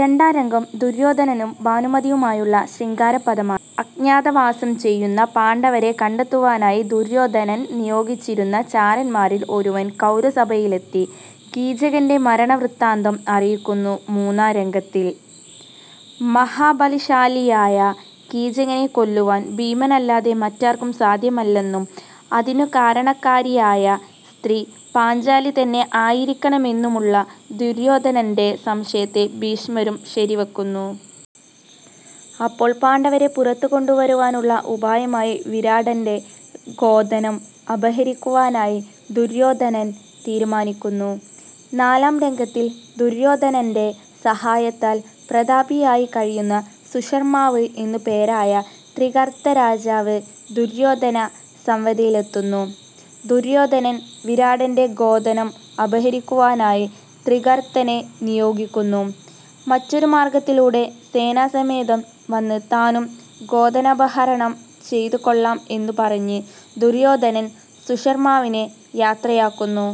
രണ്ടാം രംഗം ദുര്യോധനനും ഭാനുമതിയുമായുള്ള ശൃഗാരപ്പദമാണ്. അജ്ഞാതവാസം ചെയ്യുന്ന പാണ്ഡവരെ കണ്ടെത്തുവാനായി ദുര്യോധനൻ നിയോഗിച്ചിരുന്ന ചാരന്മാരിൽ ഒരുവൻ കൌരവസഭയിലെത്തി കീചകന്റെ മരണവൃത്താന്തം അറിയിക്കുന്നു മൂന്നാം രംഗത്തിൽ. മഹാബലശാലിയായ കീചകനെ കൊല്ലുവാൻ ഭീമനല്ലാതെ മറ്റാർക്കും സാദ്ധ്യമല്ലെന്നും അതിനുകാരണക്കാരിയായ സ്ത്രീ പാഞ്ചാലിതന്നെ ആയിരിക്കണമെന്നുമുള്ള ദുര്യോധനന്റെ സംശയത്തെ ഭീഷ്മരും ശരിവയ്ക്കുന്നു. അപ്പോൾ പാണ്ഡവരെ പുറത്തുകൊണ്ടുവരുവാനുള്ള ഉപായമായി വിരാടന്റെ ഗോധനം അപഹരിക്കുവാനായി ദുര്യോധനൻ തീരുമാനിക്കുന്നു. നാലാം രംഗത്തിൽ ദുര്യോധനന്റെ സഹായത്താൽ പ്രതാപിയായി കഴിയുന്ന സുശർമ്മാവ് എന്നുപേരായ ത്രിഗർത്തരാജാവ് ദുര്യോധന സവിധത്തിലെത്തുന്നു. ദുര്യോധനൻ വിരാടന്റെ ഗോധനം അപഹരിക്കുവാനായി ത്രിഗർത്തനെ നിയോഗിക്കുന്നു. മറ്റൊരുമാർഗ്ഗത്തിലൂടെ സേനാസമേതം വന്ന് താനും ഗോധനാപഹരണം ചെയ്തുകൊള്ളാം എന്നുപറഞ്ഞ് ദുര്യോധനൻ സുശർമ്മാവിനെ യാത്രയാക്കുന്നു.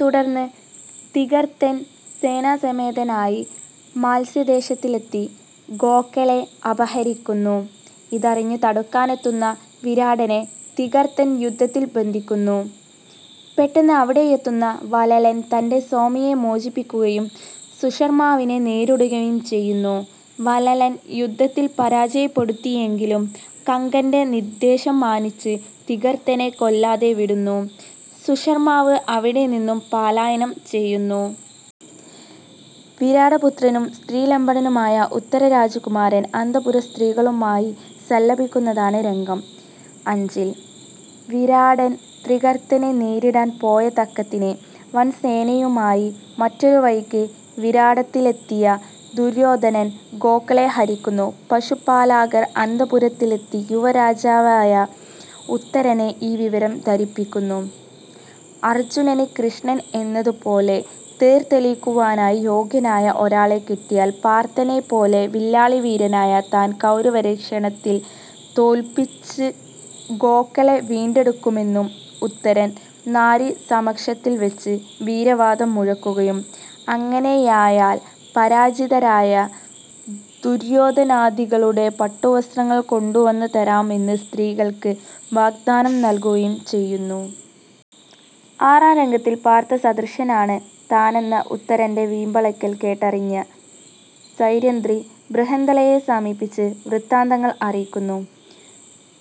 തുടർന്ന് ത്രിഗർത്തൻ സേനാസമേതനായി മാത്സ്യദേശത്തിലെത്തി ഗോക്കളെ അപഹരിക്കുന്നു. ഇതറിഞ്ഞ് തടുക്കാനെത്തുന്ന വിരാടനെ ത്രിഗർത്തൻ യുദ്ധത്തിൽ ബന്ധിക്കുന്നു. പെട്ടെന്ന് അവിടെയെത്തുന്ന വലലൻ തന്റെ സ്വാമിയെ മോചിപ്പിക്കുകയും സുശർമ്മാവിനെ നേരിടുകയും ചെയ്യുന്നു. വലലൻ യുദ്ധത്തിൽ പരാജയപ്പെടുത്തിയെങ്കിലും കങ്കന്റെ നിദ്ദേശം മാനിച്ച് ത്രിഗർത്തനെ കൊല്ലാതെ വിടുന്നു. സുശർമ്മാവ് അവിടെനിന്നും പാലായനം ചെയ്യുന്നു. വിരാടപുത്രനും സ്ത്രീലമ്പടനുമായ ഉത്തരരാജകുമാരൻ അന്ത:പുരസ്ത്രീകളുകളുമായി സല്ലപിക്കുന്നതാണ് രംഗം അഞ്ചിൽ. വിരാടൻ ത്രിഗർത്തനെ നേരിടാൻ പോയതക്കത്തിന് വൻസേനയുമായി മറ്റൊരുവഴിയ്ക്ക് വിരാടത്തിലെത്തിയ ദുര്യോധനൻ ഗോക്കളെ ഹരിക്കുന്നു. പശുപാലകർ അന്ത:പുരത്തിലെത്തി യുവരാജാവായ ഉത്തരനെ ഈ വിവരം ധരിപ്പിക്കുന്നു. അർജ്ജുനന് കൃഷ്ണൻ എന്നതുപോലെ തേർതെളിക്കുവാനായി യോഗ്യനായ ഒരാളെ കിട്ടിയാൽ പാർത്ഥനെപ്പോലെ വില്ലാളിവീരനായ താൻ കൌരവരെ ക്ഷണത്തിൽ തൊൽപ്പിച്ച് ഗോക്കളെ വിണ്ടെടുക്കുമെന്ന് ഉത്തരൻ നാരീസമക്ഷത്തിൽ വെച്ച് വീരവാദം മുഴക്കുകയും, അങ്ങനെയായാൽ പരാജിതരായ ദുര്യോധനാദികളുടെ പട്ടുവസ്ത്രങ്ങൾ കൊണ്ടുവന്ന് തരാമെന്ന് സ്ത്രീകൾക്ക് വാഗ്ദാനം നൽകുകയും ചെയ്യുന്നു. ആറാം രംഗത്തിൽ പാർത്ഥസദൃശനാണ് താനെന്ന ഉത്തരന്റെ വീമ്പിളക്കൽ കേട്ടറിഞ്ഞ സൈരന്ധ്രി ബൃഹന്ദളയെ സമീപിച്ച് വൃത്താന്തങ്ങൾ അറിയിക്കുന്നു.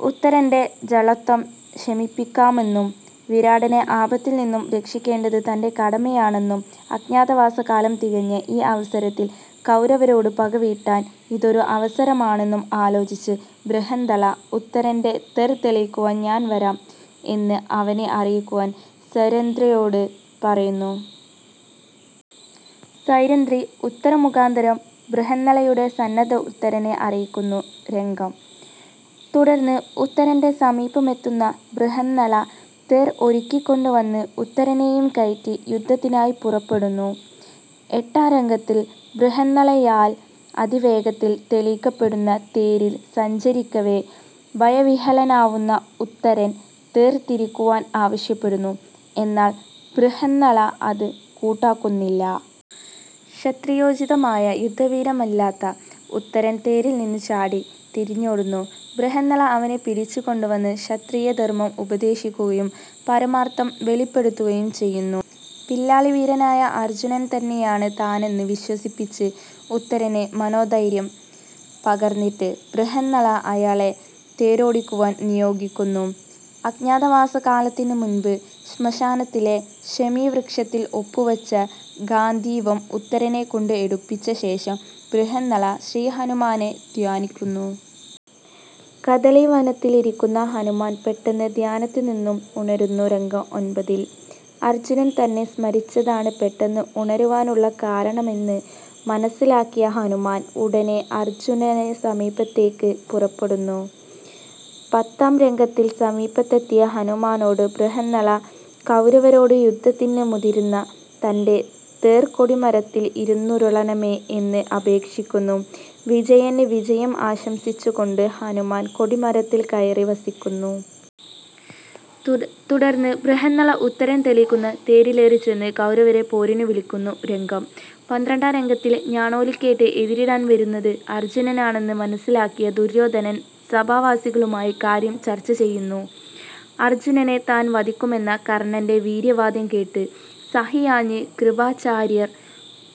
ഉത്തരന്റെ ജളത്വം ശമിപ്പിക്കാമെന്നും, വിരാടനെ ആപത്തിൽനിന്നും രക്ഷിക്കേണ്ടത് തന്റെ കടമയാണന്നും, അജ്ഞാതവാസകാലം തികഞ്ഞ ഈ അവസരത്തിൽ കൌരവരോട് പകവീട്ടാൻ ഇതൊരു അവസരാണന്നും ആലോചിച്ച ബൃഹന്ദള; 'ഉത്തരന്റെ തെർ തെളിക്കുവാൻ ഞാൻ വരാം' എന്ന് അവനെ അറിയിക്കുവാൻ സൈരന്ധ്രിയോട് പറയുന്നു. സൈരന്ധ്രി ഉത്തരമുഖാന്തരം ബൃഹന്നളയുടെ സന്നദ്ധത ഉത്തരനെ അറിയിക്കുന്നു രംഗം ൽ. തുടർന്ന് ഉത്തരന്റെ സമീപമെത്തുന്ന ബൃഹന്നള തേർ ഒരുക്കിക്കൊണ്ടുവന്ന് ഉത്തരനെയും കയറ്റി യുദ്ധത്തിനായി പുറപ്പെടുന്നു. എട്ടാം രംഗത്തിൽ ബൃഹന്നളയാൽ അതിവേഗത്തിൽ തെളിക്കപ്പെടുന്ന തേരിൽ സഞ്ചരിക്കവെ ഭയവിഹ്വലനാവുന്ന ഉത്തരൻ തേർ തിരിക്കുവാൻ ആവശ്യപ്പെടുന്നു. എന്നാൽ ബൃഹന്നള അത് കൂട്ടാക്കുന്നില്ല. ക്ഷത്രിയോചിതമായ യുദ്ധവീര്യമില്ലാത്ത ഉത്തരൻ തേരിൽ നിന്നു ചാടി തിരിഞ്ഞോടുന്നു. ബൃഹന്നള അവനെ പിടിച്ചുകൊണ്ടുവന്ന് ക്ഷത്രിയധർമ്മം ഉപദേശിക്കുകയും പരമാർത്ഥം വെളിപെടുത്തുകയും ചെയ്യുന്നു. വില്ലാളിവീരനായ അർജ്ജുനൻ തന്നെയാണ് താനെന്ന് വിശ്വസിപ്പിച്ച് ഉത്തരന് മനോധര്യം പകർന്നിട്ട് ബൃഹന്നള അയാളെ തേരോടിക്കുവാൻ നിയോഗിക്കുന്നു. അജ്ഞാതവാസകാലത്തിനുമുൻപ് ശ്മശാനത്തിലെ ശമീവൃക്ഷത്തിൽ ഒപ്പിച്ചുവെച്ച ഗാണ്ഡീവം ഉത്തരനെകൊണ്ട് എടുപ്പിച്ച ശേഷം ബൃഹന്നള ശ്രീഹനുമാനെ ധ്യാനിക്കുന്നു. കദളീവനത്തിലിരിക്കുന്ന ഹനുമാൻ പെട്ടെന്ന് ധ്യാനത്തിനിന്നും ഉണരുന്നു രംഗം ഒൻപതിൽ. അർജ്ജുനൻ തന്നെ സ്മരിച്ചതാണ് പെട്ടെന്ന് ഉണരുവാനുള്ള കാരണമെന്ന് മനസ്സിലാക്കിയ ഹനുമാൻ ഉടനെ അർജ്ജുനസമീപത്തേയ്ക്ക് പുറപ്പെടുന്നു. പത്താം രംഗത്തിൽ സമീപമെത്തിയ ഹനുമാനോട് ബൃഹന്നള കൌരവരോട് യുദ്ധത്തിന് മുതിരുന്ന തന്റെ തേർകൊടിമരത്തിൽ ഇരുന്നരുളേണമേ എന്ന് അപേക്ഷിക്കുന്നു. വിജയന് വിജയം ആശംസിച്ചുകൊണ്ട് ഹനുമാൻ കൊടിമരത്തിൽ കയറി വസിക്കുന്നു. തുടർന്ന് ബൃഹന്നള ഉത്തരൻ തെളിക്കുന്ന തേരിലേറിചെന്ന് കൌരവരെ പോരിനുവിളിക്കുന്നു രംഗം. പന്ത്രണ്ടാം രംഗത്തിൽ ഞാണോലികേട്ട് എതിരിടാൻ വരുന്നത് അർജ്ജുനനാണന്ന് മനസ്സിലാക്കിയ ദുര്യോധനൻ സഭാവാസികളുമായി കാര്യം ചർച്ച ചെയ്യുന്നു. അർജ്ജുനനെ താൻ വധിക്കുമെന്ന കർണ്ണന്റെ വീരവാദം കേട്ട് സഹിയാഞ്ഞ് കൃപാചാര്യർ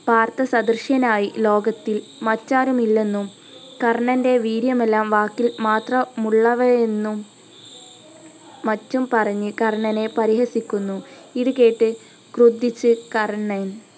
പാർത്ഥസദൃശനായി ലോകത്തിൽ മറ്റാരുമില്ലെന്നും കർണ്ണന്റെ വീര്യമെല്ലാം വാക്കിൽ മാത്രമുള്ളവയെന്നും മറ്റും പറഞ്ഞ് കർണ്ണനെ പരിഹസിക്കുന്നു. ഇതുകേട്ട് ക്രുദ്ധിച്ച് കർണ്ണൻ